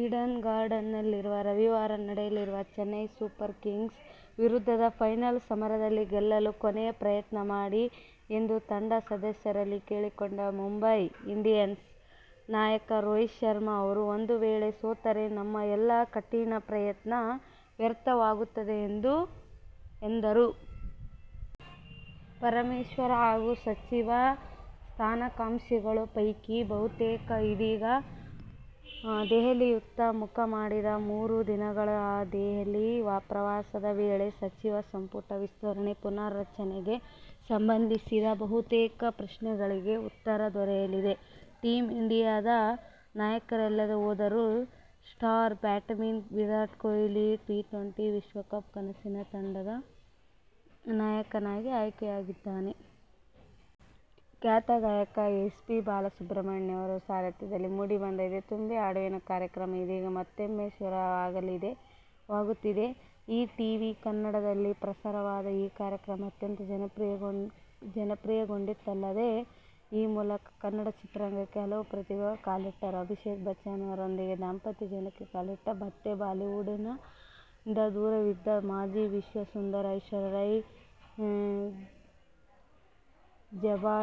Eden ಗಾರ್ಡನ್ಸ್ನಲ್ಲಿ ರವಿವಾರ ನಡೆಯಲಿರುವ ಚೆನ್ನೈ ಸೂಪರ್ ಕಿಂಗ್ಸ್ ವಿರುದ್ಧದ ಫೈನಲ್ ಸಮರದಲ್ಲಿ ಗೆಲ್ಲಲು ಕೊನೆಯ ಪ್ರಯತ್ನ ಮಾಡಿ ಎಂದು ತಂಡ ಸದಸ್ಯರಲ್ಲಿ ಕೇಳಿಕೊಂಡ ಮುಂಬೈ ಇಂಡಿಯನ್ಸ್ ನಾಯಕ ರೋಹಿತ್ ಶರ್ಮ ಅವರು ಒಂದು ವೇಳೆ ಸೋತರೆ ನಮ್ಮ ಎಲ್ಲ ಕಠಿನ ಪ್ರಯತ್ನ ವ್ಯರ್ಥವಾಗುತ್ತದೆ ಎಂದರು. ಪರಮೇಶ್ವರ್ ಹಾಗೂ ಸಚಿವ ಸ್ಥಾನಾಕಾಂಕ್ಷಿಗಳ ಪೈಕಿ ಬಹುತೇಕರು ಇದೀಗ ದೆಹಲಿಯತ್ತ ಮುಖ ಮಾಡಿದ್ದು, ಮೂರು ದಿನಗಳ ಈ ದೆಹಲಿ ಪ್ರವಾಸದ ವೇಳೆ ಸಚಿವ ಸಂಪುಟ ವಿಸ್ತರಣೆ, ಪುನಾರಚನೆಗೆ ಸಂಬಂಧಿಸಿದ ಬಹುತೇಕ ಪ್ರಶ್ನೆಗಳಿಗೆ ಉತ್ತರ ದೊರೆಯಲಿದೆ. ಟೀಮ್ ಇಂಡಿಯಾದ ನಾಯಕನಲ್ಲದೇ ಹೋದರೂ star batsman Virat Kohli T twenty ವಿಶ್ವಕಪ್ ಕನಸಿನ ತಂಡ'ದ ನಾಯಕನಾಗಿ ಆಯ್ಕೆಯಾಗಿದ್ದಾರೆ. ಖ್ಯಾತ ಗಾಯಕ ಎಸ್. ಪಿ. ಬಾಲಸುಬ್ರಹ್ಮಣ್ಯಂ ಅವರ ಸಾರಥ್ಯದಲ್ಲಿ ಮೂಡಿಬಂದ ಎದೆ ತುಂಬಿ ಹಾಡುವೆನು ಕಾರ್ಯಕ್ರಮ ಇದೀಗ ಮತ್ತೂಮ್ಮೆ ಶುರುವಾಗುತ್ತಿದೆ. ಈ ಟಿವಿ ಕನ್ನಡದಲ್ಲಿ ಪ್ರಸಾರವಾದ ಈ ಕಾರ್ಯಕ್ರಮ, ಅತ್ಯಂತ ಜನಪ್ರಿಯಗೊಂಡಿತ್ತಲ್ಲದೆ, ಈ ಮೂಲಕ ಕನ್ನಡ ಚಿತ್ರರಂಗಕ್ಕೆ ಹಲವು ಪ್ರತಿಭೆಗಳು ಕಾಲಿಟ್ಟಿದ್ದರು. ಅಭಿಷೇಕ್ ಬಚ್ಚನ್ ರೊಂದಿಗೆ ದಾಂಪತ್ಯ ಜೀವನಕ್ಕೆ ಕಾಲಿಟ್ಟ ಮೇಲೆ ಬಾಲಿವುಡ್'ನಿಂದ ದೂರವಿದ್ದ ಮಾಜಿ ವಿಶ್ವ ಸುಂದರಿ ಐಶ್ವರ್ಯ ರೈ ಜಝ್ಬಾ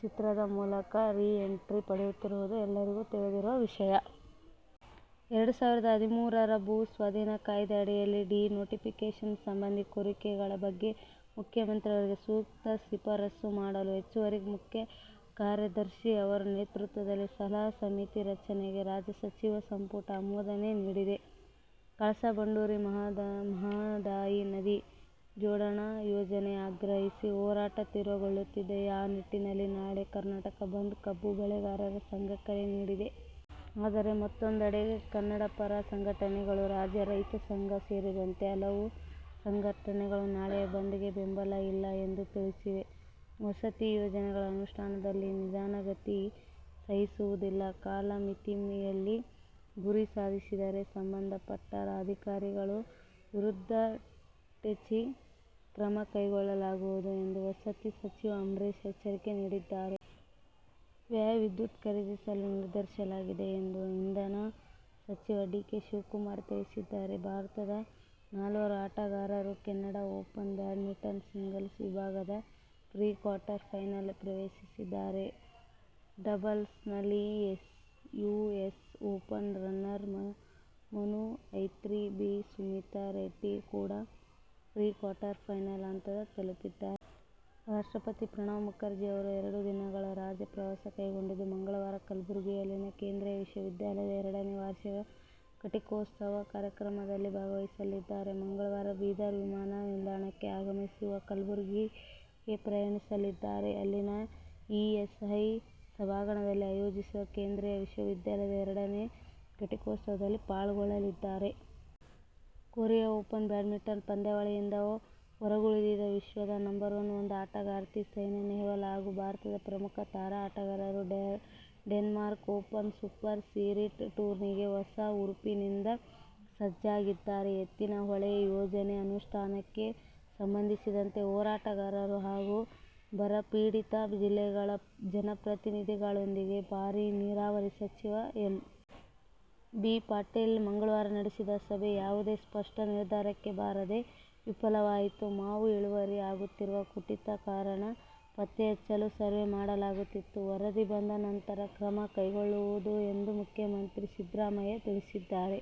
ಚಿತ್ರದ ಮೂಲಕ ರೀ ಎಂಟ್ರಿ ಪಡೆಯುತ್ತಿರುವುದು ಎಲ್ಲರಿಗೂ ತಿಳಿದಿರುವ ವಿಷಯ. ಎರಡು ಸಾವಿರದ ಹದಿಮೂರರ ಭೂ ಸ್ವಾಧೀನ ಕಾಯ್ದೆ ಅಡಿಯಲ್ಲಿ ಡಿ-ನೋಟಿಫಿಕೇಷನ್ ಸಂಬಂಧಿ ಕೋರಿಕೆಗಳ ಬಗ್ಗೆ ಮುಖ್ಯಮಂತ್ರಿಯವರಿಗೆ ಸೂಕ್ತ ಶಿಫಾರಸು ಮಾಡಲು ಹೆಚ್ಚುವರಿ ಮುಖ್ಯ ಕಾರ್ಯದರ್ಶಿ ಅವರ ನೇತೃತ್ವದ ಸಲಹಾ ಸಮಿತಿ ರಚನೆಗೆ ರಾಜ್ಯ ಸಚಿವ ಸಂಪುಟ ಅನುಮೋದನೆ ನೀಡಿದೆ. ಕಳಸಾ ಬಂಡೂರಿ, ಮಹಾದಾಯಿ ನದಿ ಜೋಡಣೆ ಯೋಜನೆಗೆ ಆಗ್ರಹಿಸಿ ಹೋರಾಟ ತೀವ್ರಗೊಳ್ಳುತ್ತಿದ್ದು, ಆ ನಿಟ್ಟಿನಲ್ಲಿ ನಾಳೆ ಕರ್ನಾಟಕ ಬಂದ್ ಗೆ ಕಬ್ಬು ಬೆಳೆಗಾರರ ಸಂಘ ಕರೆ ನೀಡಿದೆ. ಆದರೆ ಮತ್ತೊಂದೆಡೆ ಕನ್ನಡ ಪರ ಸಂಘಟನೆಗಳು, ರಾಜ್ಯ ರೈತ ಸಂಘ ಸೇರಿದಂತೆ ಹಲವು ಸಂಘಟನೆಗಳು ನಾಳೆಯ ಬಂದ್ ಗೆ ಬೆಂಬಲ ಇಲ್ಲ ಎಂದು ತಿಳಿಸಿವೆ. ವಸತಿ ಯೋಜನೆಗಳ ಅನುಷ್ಠಾನದಲ್ಲಿ ನಿಧಾನಗತಿ ಸಹಿಸುವುದಿಲ್ಲ. ಕಾಲಮಿತಿಯಲ್ಲಿ ಗುರಿ ಸಾಧಿಸದಿದ್ದರೆ ಸಂಬಂಧಪಟ್ಟ ಅಧಿಕಾರಿಗಳ ವಿರುದಟಛಿ ಕ್ರಮಕೈಗೊಳ್ಳಲಾಗುವುದು ಎಂದು ವಸತಿ ಸಚಿವ ಅಂಬರೀಶ್ ಎಚ್ಚರಿಕೆ ನೀಡಿದ್ದಾರೆ. ವ್ಯಾ ವಿದ್ಯುತ್ ಖರೀದಿಸಲು ನಿರ್ಧರಿಸಲಾಗಿದೆ ಎಂದು ಇಂಧನ ಸಚಿವ ಡಿ. ಕೆ. ಶಿವಕುಮಾರ್ ತಿಳಿಸಿದ್ದಾರೆ. ಭಾರತದ ನಾಲ್ವರು ಆಟಗಾರರು ಕೆನಡಾ ಓಪನ್ ಬ್ಯಾಡ್ಮಿಂಟನ್ ಸಿಂಗಲ್ಸ್ ವಿಭಾಗದ ಪ್ರೀ-ಕ್ವಾರ್ಟರ್ ಫೈನಲ್ ಪ್ರವೇಶಿಸಿದ್ದಾರೆ. ಡಬಲ್ಸ್ನಲ್ಲಿ US open runner Manu Attri B. Sumeeth Reddy ಕೂಡ ಪ್ರೀ-ಕ್ವಾರ್ಟರ್ ಫೈನಲ್ ಹಂತವನ್ನು ತಲಪಿದ್ದಾರೆ. ರಾಷ್ಟ್ರಪತಿ ಪ್ರಣಬ್ ಮುಖರ್ಜಿ ಅವರು ಎರಡು ದಿನಗಳ ರಾಜ್ಯ ಪ್ರವಾಸಕೈಗೊಂಡಿದ್ದು, ಮಂಗಳವಾರ ಕಲಬುರ್ಗಿಯಲ್ಲಿನ ಕೇಂದ್ರೀಯ ವಿಶ್ವವಿದ್ಯಾಲಯದ ಎರಡನೇ ವಾರ್ಷಿಕ ಘಟಿಕೋತ್ಸವ ಕಾರ್ಯಕ್ರಮದಲ್ಲಿ ಭಾಗವಹಿಸಲಿದ್ದಾರೆ. ಮಂಗಳವಾರ ಬೀದರ್ ವಿಮಾನ ನಿಲ್ದಾಣಕ್ಕೆ ಆಗಮಿಸುವ ಅವರು, ಕಲಬುರ್ಗಿಗೆ ಪ್ರಯಾಣಿಸಲಿದ್ದಾರೆ. ಅಲ್ಲಿನ ಇಎಸ್ಐ ಸಭಾಂಗಣದಲ್ಲಿ ಆಯೋಜಿಸಿರುವ ಕೇಂದ್ರಿಯ ವಿಶ್ವವಿದ್ಯಾಲಯದ ಎರಡನೇ ಘಟಿಕೋತ್ಸವದಲ್ಲಿ ಪಾಲ್ಗೊಳ್ಳಲಿದ್ದಾರೆ. ಕೊರಿಯಾ ಓಪನ್ ಬ್ಯಾಡ್ಮಿಂಟನ್ ಪಂದ್ಯಾವಳಿಯಿಂದ ಹೊರಗುಳಿದಿದ್ದ ವಿಶ್ವದ ನಂಬರ್ ಒಂದು ಆಟಗಾರ್ತಿ ಸೈನಾ ನೆಹ್ವಾಲ್ ಹಾಗೂ ಭಾರತದ ಪ್ರಮುಖ ತಾರಾ ಆಟಗಾರರು ಡೆನ್ಮಾರ್ಕ್ ಓಪನ್ ಸೂಪರ್ ಸೀರೀಸ್ ಟೂರ್ನಿಗೆ ಹೊಸ ಹುರುಪಿನಿಂದ ಸಜ್ಜಾಗಿದ್ದಾರೆ. ಎತ್ತಿನಹೊಳೆ ಯೋಜನೆ ಅನುಷ್ಠಾನಕ್ಕೆ ಸಂಬಂಧಿಸಿದಂತೆ ಹೋರಾಟಗಾರರು ಹಾಗೂ ಬರಪೀಡಿತ ಜಿಲ್ಲೆಗಳ ಜನಪ್ರತಿನಿಧಿಗಳೊಂದಿಗೆ ಭಾರಿ ನೀರಾವರಿ ಸಚಿವ ಎಂ. ಬಿ. ಪಾಟೀಲ್ ಮಂಗಳವಾರ ನಡೆಸಿದ ಸಭೆ ಯಾವುದೇ ಸ್ಪಷ್ಟ ನಿರ್ಧಾರಕ್ಕೆ ಬಾರದೆ ವಿಫಲವಾಯಿತು. ಮಾವು ಇಳುವರಿಯಲ್ಲಿ ಆಗುತ್ತಿರುವ ಕುಂಠಿತದ ಕಾರಣ ಪತ್ತೆಹಚ್ಚಲು ಸರ್ವೆ ಮಾಡಲಾಗುತ್ತಿದ್ದು, ವರದಿ ಬಂದ ನಂತರ ಕ್ರಮ ಕೈಗೊಳ್ಳಲಾಗುವುದು ಎಂದು ಮುಖ್ಯಮಂತ್ರಿ ಸಿದ್ದರಾಮಯ್ಯ ತಿಳಿಸಿದ್ದಾರೆ.